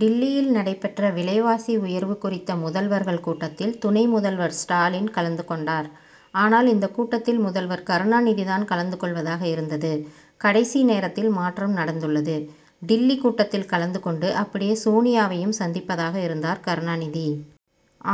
டில்லியில் நடைபெற்ற விலைவாசி உயர்வு குறித்த முதல்வர்கள் கூட்டத்தில் துணை முதல்வர் ஸ்டாலின் கலந்து கொண்டார். ஆனால், இந்தக் கூட்டத்தில் முதல்வர் கருணாநிதி தான் கலந்து கொள்வதாக இருந்தது. கடைசி நேரத்தில் மாற்றம் நடந்துள்ளது. டில்லி கூட்டத்தில் கலந்து கொண்டு அப்படியே சோனியாவையும் சந்திப்பதாக இருந்தார் கருணாநிதி.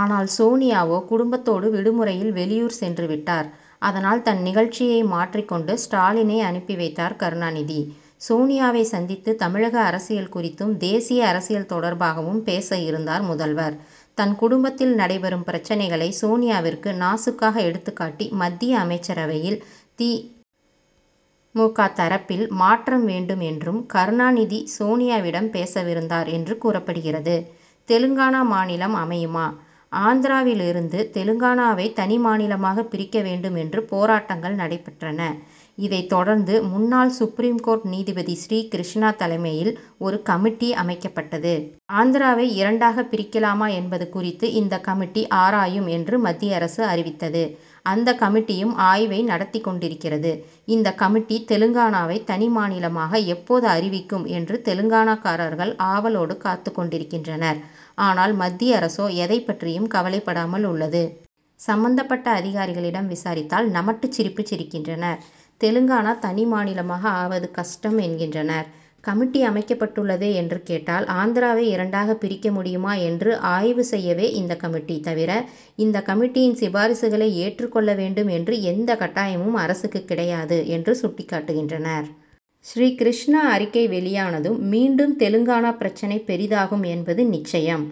ஆனால், சோனியாவோ, குடும்பத்தோடு விடுமுறையில் வெளியூர் சென்றுவிட்டார். அதனால், தன் நிகழ்ச்சியை மாற்றிக் கொண்டு ஸ்டாலினை அனுப்பி வைத்தார் கருணாநிதி. சோனியாவை சந்தித்து தமிழக அரசியல் குறித்தும், தேசிய அரசியல் தொடர்பாகவும் பேச இருந்தார் முதல்வர். தன் குடும்பத்தில் நடைபெறும் பிரச்னைகளை சோனியாவிற்கு நாசூக்காக எடுத்துக் காட்டி, மத்திய அமைச்சரவையில் தி. மு. க., தரப்பில் மாற்றம் வேண்டும் என்றும் கருணாநிதி, சோனியாவிடம் பேசவிருந்தார் என்று கூறப்படுகிறது. தெலுங்கானா மாநிலம் அமையுமா? ஆந்திராவிலிருந்து தெலுங்கானாவை தனி மாநிலமாக பிரிக்க வேண்டும் என்று போராட்டங்கள் நடைபெற்றன. இதைத் தொடர்ந்து, முன்னாள் சுப்ரீம் கோர்ட் நீதிபதி ஸ்ரீகிருஷ்ணா தலைமையில், ஒரு கமிட்டி அமைக்கப்பட்டது. ஆந்திராவை இரண்டாகப் பிரிக்கலாமா என்பது குறித்து இந்த கமிட்டி ஆராயும் என்று மத்திய அரசு அறிவித்தது. அந்த கமிட்டியும் ஆய்வை நடத்திக் கொண்டிருக்கிறது. இந்த கமிட்டி தெலுங்கானாவை தனி மாநிலமாக எப்போது அறிவிக்கும் என்று தெலுங்கானாக்காரர்கள் ஆவலோடு காத்துக் கொண்டிருக்கின்றனர். ஆனால், மத்திய அரசோ எதைப் பற்றியும் கவலைப்படாமல் உள்ளது. சம்பந்தப்பட்ட அதிகாரிகளிடம் விசாரித்தால், நமட்டு சிரிப்பு சிரிக்கின்றனர். தெலுங்கானா தனி மாநிலமாக ஆவது கஷ்டம் என்கின்றனர். கமிட்டி அமைக்கப்பட்டுள்ளதே என்று கேட்டால், ஆந்திராவை இரண்டாகப் பிரிக்க முடியுமா என்று ஆய்வு செய்யவே இந்த கமிட்டி, தவிர இந்த கமிட்டியின் சிபாரிசுகளை ஏற்றுக் கொள்ள வேண்டும் என்று எந்த கட்டாயமும் அரசுக்குக் கிடையாது என்று சுட்டிக் காட்டுகின்றனர். ஸ்ரீகிருஷ்ணா அறிக்கை வெளியானதும் மீண்டும் தெலுங்கானா பிரச்னை பெரிதாகும் என்பது நிச்சயம்.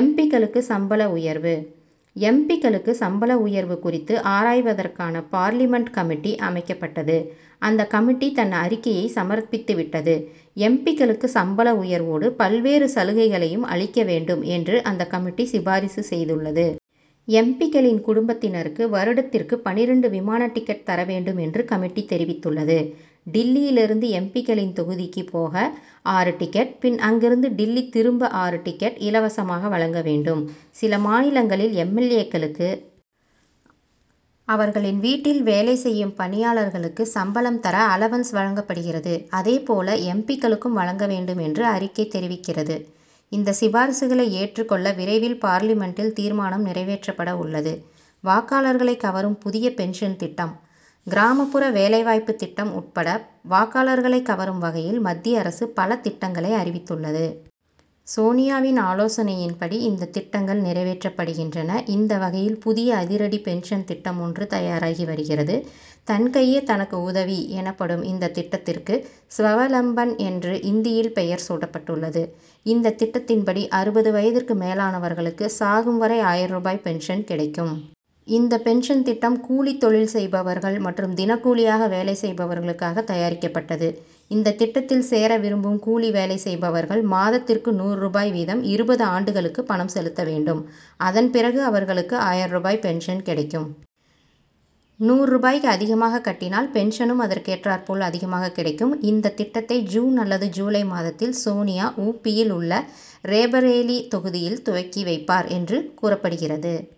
எம். பி.,க்களுக்கு சம்பள உயர்வு? எம். பி.,க்களுக்கு சம்பள உயர்வு குறித்து ஆராய்வதற்கான பார்லிமென்ட் கமிட்டி அமைக்கப்பட்டது. அந்த கமிட்டி தன் அறிக்கையை சமர்ப்பித்துவிட்டது. எம். பி.,க் களுக்கு சம்பள உயர்வோடு பல்வேறு சலுகைகளையும் அளிக்க வேண்டும் என்று அந்த கமிட்டி சிபாரிசு செய்துள்ளது. எம். பி.,க்களின் குடும்பத்தினருக்கு வருடத்திற்கு பன்னிரண்டு விமான டிக்கெட் தர வேண்டும் என்று கமிட்டி தெரிவித்துள்ளது. டில்லியிலிருந்து எம். பி.,க்களின் தொகுதிக்கு போக ஆறு டிக்கெட், பின் அங்கிருந்து டில்லி திரும்ப ஆறு டிக்கெட் இலவசமாக வழங்க வேண்டும். சில மாநிலங்களில் எம். எல். ஏ.,க்களுக்கு அவர்களின் வீட்டில் வேலை செய்யும் பணியாளர்களுக்கு சம்பளம் தர, 'அலவன்ஸ்' வழங்கப்படுகிறது. அதே போல, எம். பி.,க்களுக்கும் வழங்க வேண்டும் என்று அறிக்கை தெரிவிக்கிறது. இந்த சிபாரிசுகளை ஏற்றுக் கொள்ள விரைவில், பார்லிமென்ட்டில் தீர்மானம் நிறைவேற்றப்பட உள்ளது. வாக்காளர்களை கவரும் புதிய பென்ஷன் திட்டம்: கிராமப்புற வேலை வாய்ப்பு திட்டம் உட்பட வாக்காளர்களைக் கவரும் வகையில், மத்திய அரசு பல திட்டங்களை அறிவித்துள்ளது. சோனியாவின் ஆலோசனையின்படி இந்த திட்டங்கள் நிறைவேற்றப்படுகின்றன. இந்த வகையில், புதிய அதிரடி பென்ஷன் திட்டம் ஒன்று தயாராகி வருகிறது. தன் கையே தனக்கு உதவி எனப்படும் இந்த திட்டத்திற்கு, 'ஸ்வவலம்பன்' என்று இந்தியில் பெயர் சூட்டப்பட்டுள்ளது. இந்த திட்டத்தின்படி, அறுபது வயதிற்கு மேலானவர்களுக்கு சாகும் வரை ஆயிரம் ரூபாய் பென்ஷன் கிடைக்கும். இந்த பென்ஷன் திட்டம் கூலித் தொழில் செய்பவர்கள் மற்றும் தினக்கூலியாக வேலை செய்பவர்களுக்காக தயாரிக்கப்பட்டது. இந்த திட்டத்தில் சேர விரும்பும் கூலி வேலை செய்பவர்கள் மாதத்திற்கு நூறு ரூபாய் வீதம் இருபது ஆண்டுகளுக்கு பணம் செலுத்த வேண்டும். அதன் பிறகு அவர்களுக்கு ஆயிரம் ரூபாய் பென்ஷன் கிடைக்கும். நூறு ரூபாய்க்கு அதிகமாக கட்டினால், பென்ஷனும் அதற்கேற்றாற் போல அதிகமாக கிடைக்கும். இந்த திட்டத்தை ஜூன் அல்லது ஜூலை மாதத்தில், சோனியா, உ. பி.,யில் உள்ள ரேபரேலி தொகுதியில் துவங்கி வைப்பார் என்று கூறப்படுகிறது.